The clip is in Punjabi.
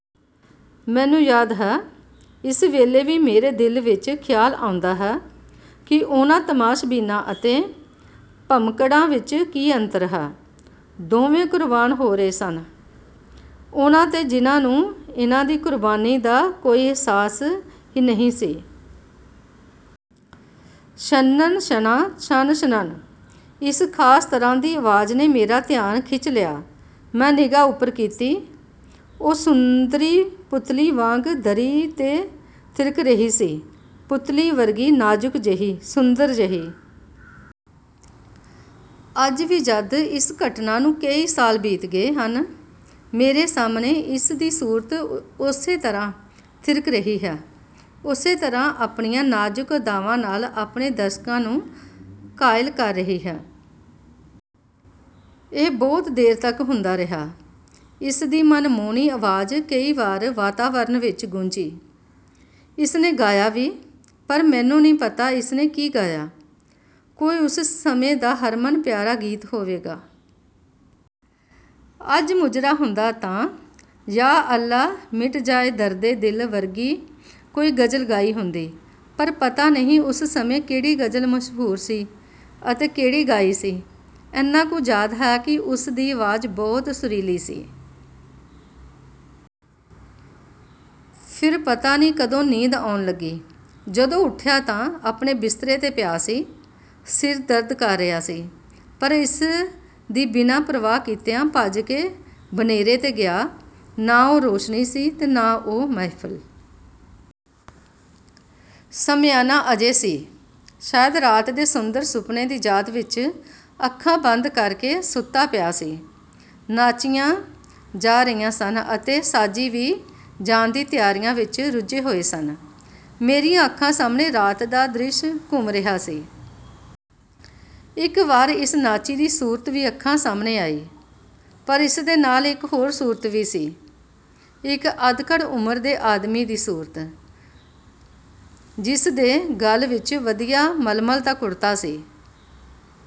ਮੈਨੂੰ ਯਾਦ ਹੈ, ਇਸ ਵੇਲੇ ਵੀ ਮੇਰੇ ਦਿਲ ਵਿਚ ਖਿਆਲ ਆਉਂਦਾ ਹੈ ਕਿ ਉਨ੍ਹਾਂ ਤਮਾਸ਼ਬੀਨਾਂ ਅਤੇ ਭਮੱਕੜਾਂ ਵਿਚ ਕੀ ਅੰਤਰ ਹੈ? ਦੋਵੇਂ ਕੁਰਬਾਨ ਹੋ ਰਹੇ ਸਨ, ਉਨ੍ਹਾਂ 'ਤੇ ਜਿਨ੍ਹਾਂ ਨੂੰ ਇਨ੍ਹਾਂ ਦੀ ਕੁਰਬਾਨੀ ਦਾ ਕੋਈ ਅਹਿਸਾਸ ਹੀ ਨਹੀਂ ਸੀ। ਛਨਣ ਛਣਾ ਛਣ ਛਨਣ ਇਸ ਖ਼ਾਸ ਤਰ੍ਹਾਂ ਦੀ ਆਵਾਜ਼ ਨੇ ਮੇਰਾ ਧਿਆਨ ਖਿੱਚ ਲਿਆ। ਮੈਂ ਨਿਗ੍ਹਾ ਉਪਰ ਕੀਤੀ। ਉਹ ਸੁੰਦਰੀ ਪੁਤਲੀ ਵਾਂਗ ਦਰੀ 'ਤੇ ਥਿਰਕ ਰਹੀ ਸੀ। ਪੁਤਲੀ ਵਰਗੀ, ਨਾਜ਼ੁਕ ਜਿਹੀ, ਸੁੰਦਰ ਜਿਹੀ। ਅੱਜ ਵੀ ਜਦ ਇਸ ਘਟਨਾ ਨੂੰ ਕਈ ਸਾਲ ਬੀਤ ਗਏ ਹਨ, ਮੇਰੇ ਸਾਹਮਣੇ ਇਸ ਦੀ ਸੂਰਤ ਉਸੇ ਤਰ੍ਹਾਂ ਥਿਰਕ ਰਹੀ ਹੈ। ਉਸੇ ਤਰ੍ਹਾਂ ਆਪਣੀਆਂ ਨਾਜ਼ੁਕ ਅਦਾਵਾਂ ਨਾਲ ਆਪਣੇ ਦਰਸ਼ਕਾਂ ਨੂੰ ਘਾਇਲ ਕਰ ਰਹੀ ਹੈ। ਇਹ ਬਹੁਤ ਦੇਰ ਤਕ ਹੁੰਦਾ ਰਿਹਾ, ਇਸ ਦੀ ਮਨਮੋਹਣੀ ਆਵਾਜ਼ ਕਈ ਵਾਰ ਵਾਤਾਵਰਨ ਵਿਚ ਗੂੰਜੀ। ਇਸ ਨੇ ਗਾਇਆ ਵੀ, ਪਰ ਮੈਨੂੰ ਨਹੀਂ ਪਤਾ ਇਸ ਨੇ ਕੀ ਗਾਇਆ। ਕੋਈ ਉਸ ਸਮੇਂ ਦਾ ਹਰਮਨ ਪਿਆਰਾ ਗੀਤ ਹੋਵੇਗਾ। ਅੱਜ 'ਮੁਜਰਾ' ਹੁੰਦਾ ਤਾਂ 'ਯਾ ਅੱਲਾ ਮਿਟ ਜਾਏ ਦਰਦੇ ਦਿਲ' ਵਰਗੀ ਕੋਈ ਗ਼ਜ਼ਲ ਗਾਈ ਹੁੰਦੀ ਪਰ ਪਤਾ ਨਹੀਂ ਉਸ ਸਮੇਂ ਕਿਹੜੀ ਗਜ਼ਲ ਮਸ਼ਹੂਰ ਸੀ ਅਤੇ ਕਿਹੜੀ ਗਾਈ ਸੀ। ਐਨਾ ਕੁ ਯਾਦ ਹੈ ਕਿ ਉਸ ਦੀ ਆਵਾਜ਼ ਬਹੁਤ ਸੁਰੀਲੀ ਸੀ। ਫਿਰ ਪਤਾ ਨਹੀਂ ਕਦੋਂ ਨੀਂਦ ਆਉਣ ਲੱਗੀ। ਜਦੋਂ ਉਠਿਆ ਤਾਂ ਆਪਣੇ ਬਿਸਤਰੇ 'ਤੇ ਪਿਆ ਸੀ। ਸਿਰ ਦਰਦ ਕਰ ਰਿਹਾ ਸੀ ਪਰ ਇਸ ਦੀ ਬਿਨਾਂ ਪਰਵਾਹ ਕੀਤਿਆਂ ਭੱਜ ਕੇ ਬਨੇਰੇ 'ਤੇ ਗਿਆ। ਨਾ ਉਹ ਰੋਸ਼ਨੀ ਸੀ ਤੇ ਨਾ ਉਹ ਮਹਿਫਿਲ। ਸ਼ਾਮਿਆਨਾ ਅਜੇ ਸੀ। ਸ਼ਾਇਦ ਰਾਤ ਦੇ ਸੁੰਦਰ ਸੁਪਨੇ ਦੀ ਯਾਦ ਵਿਚ ਅੱਖਾਂ ਬੰਦ ਕਰ ਕੇ ਸੁੱਤਾ ਪਿਆ ਸੀ। ਨਾਚੀਆਂ ਜਾ ਰਹੀਆਂ ਸਨ ਅਤੇ ਸਾਜ਼ੀ ਵੀ ਜਾਣ ਦੀਆਂ ਤਿਆਰੀਆਂ ਵਿਚ ਰੁਝੇ ਹੋਏ ਸਨ। ਮੇਰੀਆਂ ਅੱਖਾਂ ਸਾਹਮਣੇ ਰਾਤ ਦਾ ਦ੍ਰਿਸ਼ ਘੁੰਮ ਰਿਹਾ ਸੀ। ਇਕ ਵਾਰ ਇਸ ਨਾਚੀ ਦੀ ਸੂਰਤ ਵੀ ਅੱਖਾਂ ਸਾਹਮਣੇ ਆਈ, ਪਰ ਇਸ ਦੇ ਨਾਲ ਇਕ ਹੋਰ ਸੂਰਤ ਵੀ ਸੀ। ਇਕ ਅੱਧਖੜ ਉਮਰ ਦੇ ਆਦਮੀ ਦੀ ਸੂਰਤ ਜਿਸ ਦੇ ਗਲ ਵਿਚ ਵਧੀਆ ਮਲਮਲ ਦਾ ਕੁੜਤਾ ਸੀ।